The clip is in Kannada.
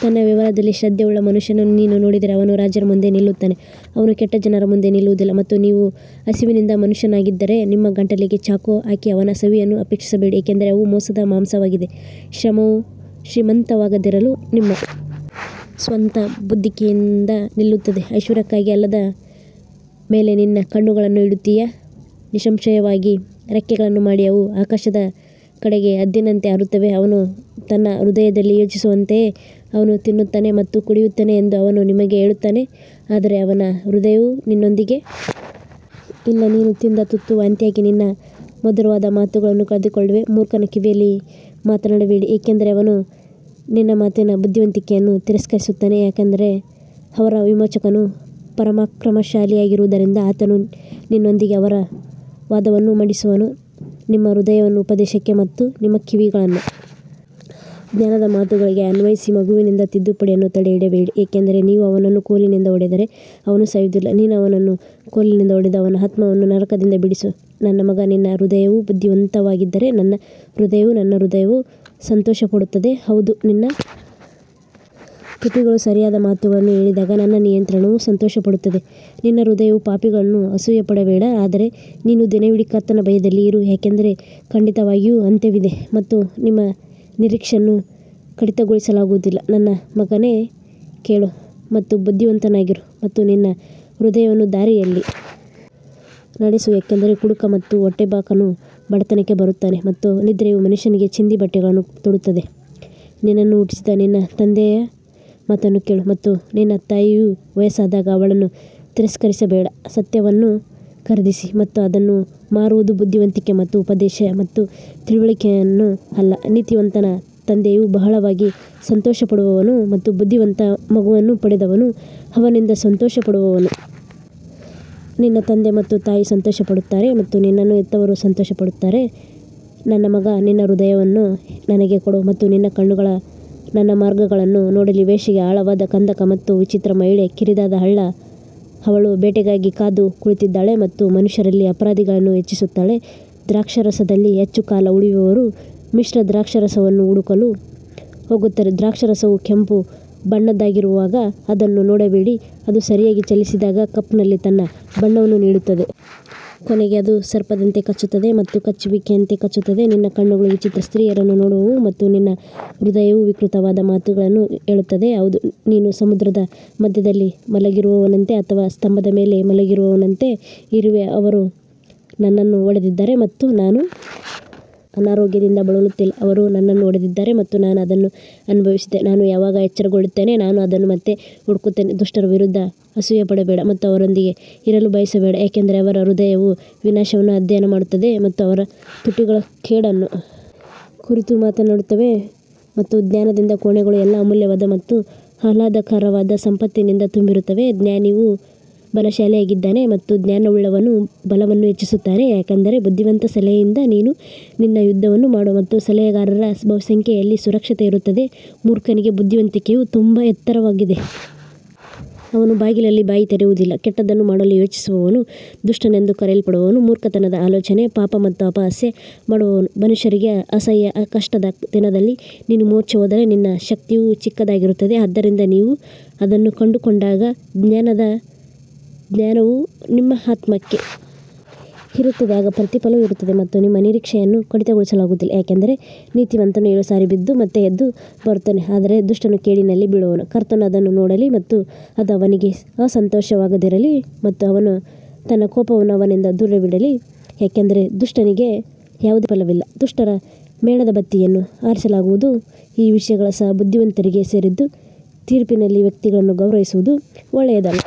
ತನ್ನ ವ್ಯವಹಾರದಲ್ಲಿ ಶ್ರದ್ಧೆಯುಳ್ಳ ಮನುಷ್ಯನನ್ನು ನೀನು ನೋಡಿದರೆ ಅವನು ರಾಜರ ಮುಂದೆ ನಿಲ್ಲುತ್ತಾನೆ, ಅವನು ಕೆಟ್ಟ ಜನರ ಮುಂದೆ ನಿಲ್ಲುವುದಿಲ್ಲ ಮತ್ತು ನೀವು ಹಸಿವಿನಿಂದ ಮನುಷ್ಯನಾಗಿದ್ದರೆ ನಿಮ್ಮ ಗಂಟಲಿಗೆ ಚಾಕು ಹಾಕಿ ಅವನ ಸವಿಯನ್ನು ಅಪೇಕ್ಷಿಸಬೇಡಿ ಏಕೆಂದರೆ ಅವು ಮೋಸದ ಮಾಂಸವಾಗಿದೆ ಶ್ರಮವು ಶ್ರೀಮಂತವಾಗದಿರಲು ನಿಮ್ಮ ಸ್ವಂತ ಬುದ್ಧಿವಂತಿಕೆಯಿಂದ ನಿಲ್ಲುತ್ತದೆ ಐಶ್ವರ್ಯಕ್ಕಾಗಿ ಅಲ್ಲದ ಮೇಲೆ ನಿನ್ನ ಕಣ್ಣುಗಳನ್ನು ಇಡುತ್ತೀಯಾ ನಿಸ್ಸಂಶಯವಾಗಿ ರೆಕ್ಕೆಗಳನ್ನು ಮಾಡಿ ಅವು ಆಕಾಶದ ಕಡೆಗೆ ಹದ್ದಿನಂತೆ ಹಾರುತ್ತವೆ ಅವನು ತನ್ನ ಹೃದಯದಲ್ಲಿ ಯೋಚಿಸುವಂತೆಯೇ ಅವನು ತಿನ್ನುತ್ತಾನೆ ಮತ್ತು ಕುಡಿಯುತ್ತಾನೆ ಎಂದು ಅವನು ನಿಮಗೆ ಹೇಳುತ್ತಾನೆ ಆದರೆ ಅವನ ಹೃದಯವು ನಿನ್ನೊಂದಿಗೆ ಇಲ್ಲ ನೀನು ತಿಂದ ತುತ್ತು ವಾಂತಿಯಾಗಿ ನಿನ್ನ ಮಧುರವಾದ ಮಾತುಗಳನ್ನು ಕಳೆದುಕೊಳ್ಳುವೆ ಮೂರ್ಖನ ಕಿವಿಯಲ್ಲಿ ಮಾತನಾಡಬೇಡಿ ಏಕೆಂದರೆ ಅವನು ನಿನ್ನ ಮಾತಿನ ಬುದ್ಧಿವಂತಿಕೆಯನ್ನು ತಿರಸ್ಕರಿಸುತ್ತಾನೆ ಯಾಕಂದರೆ ಅವರ ವಿಮೋಚಕನು ಪರಾಕ್ರಮಶಾಲಿಯಾಗಿರುವುದರಿಂದ ಆತನು ನಿನ್ನೊಂದಿಗೆ ಅವರ ವಾದವನ್ನು ಮಂಡಿಸುವನು ನಿಮ್ಮ ಹೃದಯವನ್ನು ಉಪದೇಶಕ್ಕೆ ಮತ್ತು ನಿಮ್ಮ ಕಿವಿಗಳನ್ನು ಜ್ಞಾನದ ಮಾತುಗಳಿಗೆ ಅನ್ವಯಿಸಿ ಮಗುವಿನಿಂದ ತಿದ್ದುಪಡಿಯನ್ನು ತಡೆಹಿಡಿಯಬೇಡಿ ಏಕೆಂದರೆ ನೀವು ಅವನನ್ನು ಕೋಲಿನಿಂದ ಹೊಡೆದರೆ ಅವನು ಸಾಯುವುದಿಲ್ಲ ನೀನು ಅವನನ್ನು ಕೋಲಿನಿಂದ ಹೊಡೆದು ಅವನ ಆತ್ಮವನ್ನು ನರಕದಿಂದ ಬಿಡಿಸು ನನ್ನ ಮಗ ನಿನ್ನ ಹೃದಯವು ಬುದ್ಧಿವಂತವಾಗಿದ್ದರೆ ನನ್ನ ಹೃದಯವು ನನ್ನ ಹೃದಯವೂ ಸಂತೋಷಪಡುತ್ತದೆ ಹೌದು ನಿನ್ನ ತುಟಿಗಳು ಸರಿಯಾದ ಮಾತುಗಳನ್ನು ಹೇಳಿದಾಗ ನನ್ನ ನಿಯಂತ್ರಣವು ಸಂತೋಷಪಡುತ್ತದೆ ನಿನ್ನ ಹೃದಯವು ಪಾಪಿಗಳನ್ನು ಅಸೂಯೆಪಡಬೇಡ, ಆದರೆ ನೀನು ದಿನವಿಡೀ ಕರ್ತನ ಭಯದಲ್ಲಿ ಇರು ಯಾಕಂದರೆ ಖಂಡಿತವಾಗಿಯೂ ಅಂತ್ಯವಿದೆ ಮತ್ತು ನಿಮ್ಮ ನಿರೀಕ್ಷೆಯನ್ನು ಕಡಿತಗೊಳಿಸಲಾಗುವುದಿಲ್ಲ ನನ್ನ ಮಗನೇ ಕೇಳು ಮತ್ತು ಬುದ್ಧಿವಂತನಾಗಿರು ಮತ್ತು ನಿನ್ನ ಹೃದಯವನ್ನು ದಾರಿಯಲ್ಲಿ ನಡೆಸು ಯಾಕಂದರೆ ಕುಡುಕ ಮತ್ತು ಹೊಟ್ಟೆಬಾಕನು ಬಡತನಕ್ಕೆ ಬರುತ್ತಾನೆ ಮತ್ತು ನಿದ್ರೆಯು ಮನುಷ್ಯನಿಗೆ ಚಿಂದಿ ಬಟ್ಟೆಗಳನ್ನು ತೊಡುತ್ತದೆ ನಿನ್ನನ್ನು ಹುಟ್ಟಿಸಿದ ನಿನ್ನ ತಂದೆಯ ಮಾತನ್ನು ಕೇಳು ಮತ್ತು ನಿನ್ನ ತಾಯಿಯು ವಯಸ್ಸಾದಾಗ ಅವಳನ್ನು ತಿರಸ್ಕರಿಸಬೇಡ ಸತ್ಯವನ್ನು ಖರೀದಿಸಿ ಮತ್ತು ಅದನ್ನು ಮಾರುವುದು ಬುದ್ಧಿವಂತಿಕೆ ಮತ್ತು ಉಪದೇಶ ಮತ್ತು ತಿಳುವಳಿಕೆಯನ್ನು ಅಲ್ಲ ನೀತಿವಂತನ ತಂದೆಯು ಬಹಳವಾಗಿ ಸಂತೋಷಪಡುವನು ಮತ್ತು ಬುದ್ಧಿವಂತ ಮಗುವನ್ನು ಪಡೆದವನು ಅವನಿಂದ ಸಂತೋಷಪಡುವನು. ನಿನ್ನ ತಂದೆ ಮತ್ತು ತಾಯಿ ಸಂತೋಷಪಡುತ್ತಾರೆ ಮತ್ತು ನಿನ್ನನ್ನು ಹೆತ್ತವರು ಸಂತೋಷಪಡುತ್ತಾರೆ ನನ್ನ ಮಗ ನಿನ್ನ ಹೃದಯವನ್ನು ನನಗೆ ಕೊಡು ಮತ್ತು ನಿನ್ನ ಕಣ್ಣುಗಳು ನನ್ನ ಮಾರ್ಗಗಳನ್ನು ನೋಡಲಿ ವೇಶ್ಯೆಗೆ ಆಳವಾದ ಕಂದಕ ಮತ್ತು ವಿಚಿತ್ರ ಮಹಿಳೆ ಕಿರಿದಾದ ಹಳ್ಳ ಅವಳು ಬೇಟೆಗಾಗಿ ಕಾದು ಕುಳಿತಿದ್ದಾಳೆ ಮತ್ತು ಮನುಷ್ಯರಲ್ಲಿ ಅಪರಾಧಿಗಳನ್ನು ಹೆಚ್ಚಿಸುತ್ತಾಳೆ ದ್ರಾಕ್ಷಾರಸದಲ್ಲಿ ಹೆಚ್ಚು ಕಾಲ ಉಳಿಯುವವರು ಮಿಶ್ರ ದ್ರಾಕ್ಷಾರಸವನ್ನು ಹುಡುಕಲು ಹೋಗುತ್ತಾರೆ ದ್ರಾಕ್ಷಾರಸವು ಕೆಂಪು ಬಣ್ಣದ್ದಾಗಿರುವಾಗ ಅದನ್ನು ನೋಡಬೇಡಿ, ಅದು ಸರಿಯಾಗಿ ಚಲಿಸಿದಾಗ ಕಪ್ನಲ್ಲಿ ತನ್ನ ಬಣ್ಣವನ್ನು ನೀಡುತ್ತದೆ. ಕೊನೆಗೆ ಅದು ಸರ್ಪದಂತೆ ಕಚ್ಚುತ್ತದೆ ಮತ್ತು ಕಚ್ಚುವಿಕೆಯಂತೆ ಕಚ್ಚುತ್ತದೆ ನಿನ್ನ ಕಣ್ಣುಗಳು ವಿಚಿತ್ರ ಸ್ತ್ರೀಯರನ್ನು ನೋಡುವವು ಮತ್ತು ನಿನ್ನ ಹೃದಯವು ವಿಕೃತವಾದ ಮಾತುಗಳನ್ನು ಹೇಳುತ್ತದೆ ಹೌದು ನೀನು ಸಮುದ್ರದ ಮಧ್ಯದಲ್ಲಿ ಮಲಗಿರುವವನಂತೆ ಅಥವಾ ಸ್ತಂಭದ ಮೇಲೆ ಮಲಗಿರುವವನಂತೆ ಇರುವೆ ಅವರು ನನ್ನನ್ನು ಹೊಡೆದಿದ್ದಾರೆ ಮತ್ತು ನಾನು ಅನಾರೋಗ್ಯದಿಂದ ಬಳಲುತ್ತಿಲ್ಲ, ಅವರು ನನ್ನನ್ನು ಹೊಡೆದಿದ್ದಾರೆ ಮತ್ತು ನಾನು ಅದನ್ನು ಅನುಭವಿಸಿದೆ ನಾನು ಯಾವಾಗ ಎಚ್ಚರಗೊಳ್ಳುತ್ತೇನೆ ನಾನು ಅದನ್ನು ಮತ್ತೆ ಹುಡುಕುತ್ತೇನೆ ದುಷ್ಟರ ವಿರುದ್ಧ ಅಸೂಯೆಪಡಬೇಡ ಮತ್ತು ಅವರೊಂದಿಗೆ ಇರಲು ಬಯಸಬೇಡ ಯಾಕಂದರೆ ಅವರ ಹೃದಯವು ವಿನಾಶವನ್ನು ಅಧ್ಯಯನ ಮಾಡುತ್ತದೆ ಮತ್ತು ಅವರ ತುಟಿಗಳು ಕೇಡನ್ನು ಕುರಿತು ಮಾತನಾಡುತ್ತವೆ ಮತ್ತು ಜ್ಞಾನದಿಂದ ಕೋಣೆಗಳು ಎಲ್ಲಾ ಅಮೂಲ್ಯವಾದ ಮತ್ತು ಆಹ್ಲಾದಕರವಾದ ಸಂಪತ್ತಿನಿಂದ ತುಂಬಿರುತ್ತವೆ ಜ್ಞಾನಿಯು ಬಲಶಾಲಿಯಾಗಿದ್ದಾನೆ ಮತ್ತು ಜ್ಞಾನವುಳ್ಳವನು ಬಲವನ್ನು ಹೆಚ್ಚಿಸುತ್ತಾನೆ ಯಾಕಂದರೆ ಬುದ್ಧಿವಂತ ಸಲಹೆಯಿಂದ ನೀನು ನಿನ್ನ ಯುದ್ಧವನ್ನು ಮಾಡು ಮತ್ತು ಸಲಹೆಗಾರರ ಬಹುಸಂಖ್ಯೆಯಲ್ಲಿ ಸುರಕ್ಷತೆ ಇರುತ್ತದೆ ಮೂರ್ಖನಿಗೆ ಬುದ್ಧಿವಂತಿಕೆಯು ತುಂಬಾ ಎತ್ತರವಾಗಿದೆ, ಅವನು ಬಾಗಿಲಲ್ಲಿ ಬಾಯಿ ತೆರೆಯುವುದಿಲ್ಲ ಕೆಟ್ಟದ್ದನ್ನು ಮಾಡಲು ಯೋಚಿಸುವವನು ದುಷ್ಟನೆಂದು ಕರೆಯಲ್ಪಡುವನು ಮೂರ್ಖತನದ ಆಲೋಚನೆ ಪಾಪ ಮತ್ತು ಅಪಹಾಸ್ಯ ಮಾಡುವವನು ಮನುಷ್ಯರಿಗೆ ಅಸಹ್ಯ ಕಷ್ಟದ ದಿನದಲ್ಲಿ ನೀನು ಮೂರ್ಛೆ ಹೋದರೆ ನಿನ್ನ ಶಕ್ತಿಯು ಚಿಕ್ಕದಾಗಿರುತ್ತದೆ ಆದ್ದರಿಂದ ನೀವು ಅದನ್ನು ಕಂಡುಕೊಂಡಾಗ ಜ್ಞಾನದ ಜ್ಞಾನವು ನಿಮ್ಮ ಆತ್ಮಕ್ಕೆ ಇರುತ್ತದೆ, ಆಗ ಪ್ರತಿಫಲವು ಇರುತ್ತದೆ ಮತ್ತು ನಿಮ್ಮ ನಿರೀಕ್ಷೆಯನ್ನು ಕಡಿತಗೊಳಿಸಲಾಗುವುದಿಲ್ಲ ಯಾಕಂದರೆ ನೀತಿವಂತನು ಏಳು ಸಾರಿ ಬಿದ್ದು ಮತ್ತೆ ಎದ್ದು ಬರುತ್ತಾನೆ ಆದರೆ ದುಷ್ಟನು ಕೇಡಿನಲ್ಲಿ ಬೀಳುವನು ಕರ್ತನು ಅದನ್ನು ನೋಡಲಿ ಮತ್ತು ಅದು ಅವನಿಗೆ ಅಸಂತೋಷವಾಗದಿರಲಿ ಮತ್ತು ಅವನು ತನ್ನ ಕೋಪವನ್ನು ಅವನಿಂದ ದೂರವಿಡಲಿ ಯಾಕಂದರೆ ದುಷ್ಟನಿಗೆ ಯಾವುದೇ ಪ್ರತಿಫಲವಿಲ್ಲ ದುಷ್ಟರ ಮೇಣದಬತ್ತಿಯನ್ನು ಆರಿಸಲಾಗುವುದು ಈ ವಿಷಯಗಳು ಸಹ ಬುದ್ಧಿವಂತರಿಗೆ ಸೇರಿದ್ದು ತೀರ್ಪಿನಲ್ಲಿ ವ್ಯಕ್ತಿಗಳನ್ನು ಗೌರವಿಸುವುದು ಒಳ್ಳೆಯದಲ್ಲ.